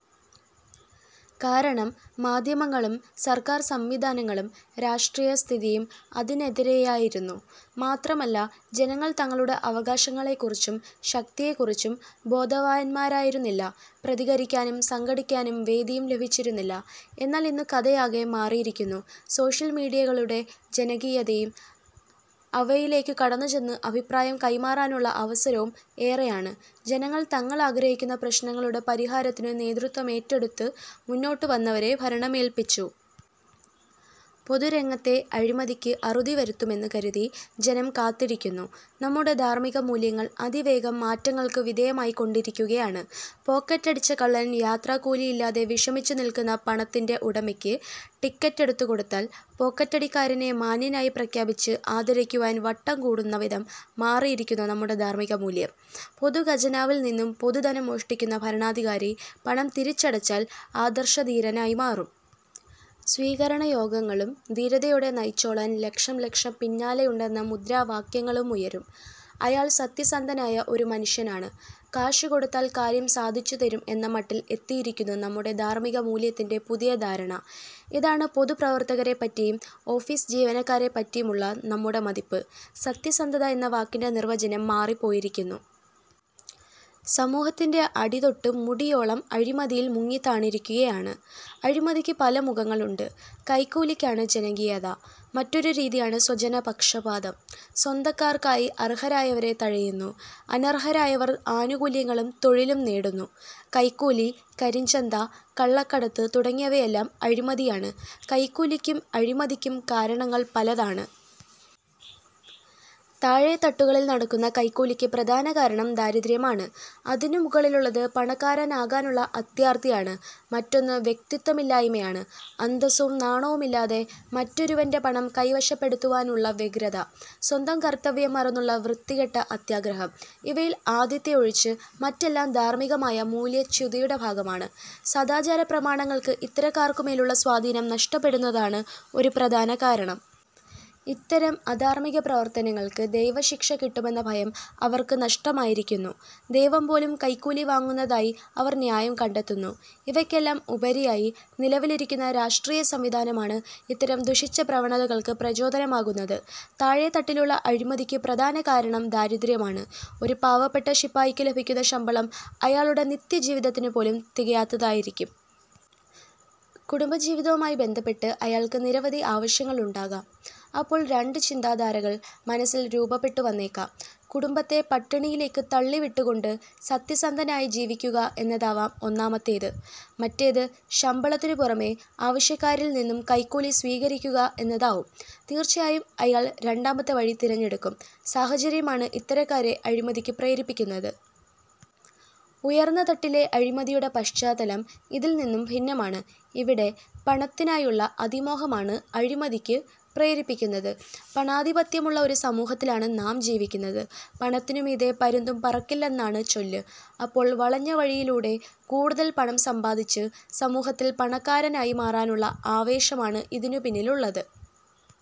കാരണം, മാധ്യമങ്ങളും സർക്കാർ സംവിധാനങ്ങളും രാഷ്ട്രീയസ്ഥിതിയും അതിനെതിരെയാ യിരുന്നു. മാത്രമല്ല, ജനങ്ങൾ തങ്ങളുടെ അവകാശങ്ങളെക്കുറിച്ചും ശക്തിയെക്കുറിച്ചും ബോധവാന്മാരായിരുന്നില്ല. പ്രതികരിക്കാനും സംഘടിക്കാനും വേദിയും ലഭിച്ചിരുന്നില്ല. എന്നാൽ ഇന്നു കഥയാകെ മാറിയിരിക്കുന്നു. സോഷ്യൽ മീഡിയകളുടെ ജനകീയതയും അവയി ലേക്കു കടന്നുചെന്ന് അഭിപ്രായം കൈമാറാനുള്ള അവസരവും ഏറെ യാണ്. ജനങ്ങൾ തങ്ങൾ ആഗ്രഹിക്കുന്ന പ്രശ്നങ്ങളുടെ പരിഹാര ത്തിനു നേതൃത്വമേറ്റെടുത്തു മുന്നോട്ടുവന്നവരെ ഭരണമേല്പിച്ചു. പൊതുരംഗത്തെ അഴിമതിയ്ക്ക് അറുതിവരുമെന്നു കരുതി ജനം കാത്തിരിക്കുന്നു. നമ്മുടെ ധാർമ്മികമൂല്യങ്ങൾ അതിവേഗം മാറ്റങ്ങൾക്കു വിധേയ മായിക്കൊണ്ടിരിക്കുകയാണ്. പോക്കറ്റടിച്ച കള്ളൻ യാത്രാക്കൂലിയി ല്ലാതെ വിഷമിച്ചുനിൽക്കുന്ന പണത്തിന്റെ ഉടമയ്ക്ക് ടിക്കറ്റെടുത്തു കൊടുത്താൽ പോക്കറ്റടിക്കാരനെ മാന്യനായി പ്രഖ്യാപിച്ച് ആദരിക്കു വാൻ വട്ടം കൂട്ടുന്നവിധം മാറിയിരിക്കുന്നു നമ്മുടെ ധാർമ്മികമൂല്യം. പൊതുഖജനാവിൽനിന്നും പൊതുധനം മോഷ്ടിക്കുന്ന ഭരണാധികാരി പണം തിരിച്ചടച്ചാൽ ആദർശധീരനായിമാറും. സ്വീകരണയോഗങ്ങളും ധീരതയോടെ നയിച്ചോളാൻ ലക്ഷംലക്ഷം പിന്നാലെയുണ്ടെന്ന മുദ്രാ വാക്യങ്ങളുമുയരും. അയാൾ സത്യസന്ധനായ ഒരു മനുഷ്യനാണ്, കാശുകൊടുത്താൽ കാര്യം സാധിച്ചുതരും എന്ന മട്ടിൽ എത്തിയിരി ക്കുന്നു നമ്മുടെ ധാർമ്മികമൂല്യത്തിന്റെ പുതിയ ധാരണ. ഇതാണ് പൊതുപ്രവർത്തകരെപറ്റിയും ഓഫീസ് ജീവനക്കാരെപറ്റിയുമുള്ള നമ്മുടെ മതിപ്പ്. സത്യസന്ധത എന്ന വാക്കിന്റെ നിർവ്വചനം മാറിപ്പോ യിരിക്കുന്നു. സമൂഹത്തിന്റെ അടിതൊട്ടു മുടിയോളം അഴിമതിയിൽ മുങ്ങിത്താണിരിക്കുകയാണ്. അഴിമതിക്കു പല മുഖങ്ങളുണ്ട്. കൈക്കൂലി ക്കാണ് ജനകീയത. മറ്റൊരു രീതിയാണ് സ്വജനപക്ഷപാതം. സ്വന്ത ക്കാർക്കായി അർഹരായവരെ തഴയുന്നു. അനർഹരായവർ ആനുകൂ ല്യങ്ങളും തൊഴിലും നേടുന്നു. കൈക്കൂലി, കരിഞ്ചന്ത, കള്ളക്കടത്ത് തുടങ്ങിയവ യെല്ലാം അഴിമതിയാണ്. കൈക്കൂലിക്കും അഴിമതിക്കും കാരണങ്ങൾ പലതാണ്. താഴേ തട്ടുകളിൽ നടക്കുന്ന കൈക്കൂലിക്കു പ്രധാന കാരണം ദാരിദ്ര്യമാണ്. അതിനു മുകളിലുള്ളത് പണക്കാരനാകാനുള്ള അത്യാർത്തിയാണ്. മറ്റൊന്ന് വ്യക്തിത്വമില്ലായ്മയാണ്. അന്തസ്സും നാണവുമില്ലാതെ മറ്റൊ രുവന്റെ പണം കൈവശപ്പെടുത്തുവാനുള്ള വ്യഗ്രത. സ്വന്തം കർത്തവ്യം മറന്നുള്ള വൃത്തികെട്ട അത്യാഗ്രഹം. ഇവയിൽ ആദ്യത്തെ ഒഴിച്ച് മറ്റെല്ലാം ധാർമ്മികമായ മൂല്യച്യുതിയുടെ ഭാഗമാണ്. സദാചാരപ്രമാണങ്ങൾക്ക് ഇത്തരക്കാർക്കുമേലുള്ള സ്വാധീനം നഷ്ടപ്പെടുന്നതാണ് ഒരു പ്രധാന കാരണം. ഇത്തരം അധാർമ്മിക പ്രവർത്തനങ്ങൾക്കു ദൈവശിക്ഷ കിട്ടുമെന്ന ഭയം അവർക്കു നഷ്ടമായിരിക്കുന്നു. ദൈവംപോലും കൈക്കൂലി വാങ്ങുന്നതായി അവർ ന്യായം കണ്ടെത്തുന്നു. ഇവയ് ക്കെല്ലാം ഉപരിയായി നിലവിലിരിക്കുന്ന രാഷ്ട്രീയസംവിധാനമാണ് ഇത്തരം ദുഷിച്ച പ്രവണതകൾക്കു പ്രചോദനമാകുന്നത്. താഴെ തട്ടിലുള്ള അഴിമതിക്കു പ്രധാന കാരണം ദാരിദ്ര്യമാണ്. ഒരു പാവപ്പെട്ട ശിപായിക്കു ലഭിക്കുന്ന ശമ്പളം അയാളുടെ നിത്യജീവിത ത്തിനുപോലും തികയാത്തതായിരിക്കും. കുടുംബജീവിതവുമായി ബന്ധപ്പെട്ട് അയാൾക്കു നിരവധി ആവശ്യങ്ങളുണ്ടാകാം. അപ്പോൾ രണ്ടു ചിന്താധാരകൾ മനസ്സിൽ രൂപപ്പെട്ടുവന്നേക്കാം. കുടുംബത്ത പട്ടിണിയിലേക്കു തള്ളിവിട്ടുകൊണ്ട് സത്യസന്ധനായി ജീവിക്കുക എന്നതാവാം ഒന്നാമത്തേത്. മറ്റേത് ശമ്പളത്തിനു പുറമേ ആവശ്യക്കാ രിൽനിന്നും കൈക്കൂലി സ്വീകരിക്കുക എന്നതാവും. തീർച്ചയായും അയാൾ രണ്ടാമത്തെ വഴി തിരഞ്ഞെടുക്കും. സാഹചര്യമാണ് ഇത്ത രക്കാരെ അഴിമതിക്കു പ്രേരിപ്പിക്കുന്നത്. ഉയർന്ന തട്ടിലെ അഴിമതിയുടെ പശ്ചാത്തലം ഇതിൽനിന്നും ഭിന്ന മാണ്. ഇവിടെ പണത്തിനായുള്ള അതിമോഹമാണ് അഴിമതിക്കു പ്രരിപ്പിക്കുന്നത്. പണാധിപത്യമുള്ള ഒരു സമൂഹത്തിലാണ് നാം ജീവി ക്കുന്നത്. പണത്തിനു മീതേ പരുന്തും പറക്കില്ലെന്നാണ് ചൊല്ല്. അപ്പോൾ വളഞ്ഞവഴിയിലൂടെ കൂടുതൽ പണം സമ്പാദിച്ച് സമൂഹത്തിൽ പണ ക്കാരനായി മാറാനുള്ള ആവേശമാണ് ഇതിനു പിന്നിലുള്ളത്.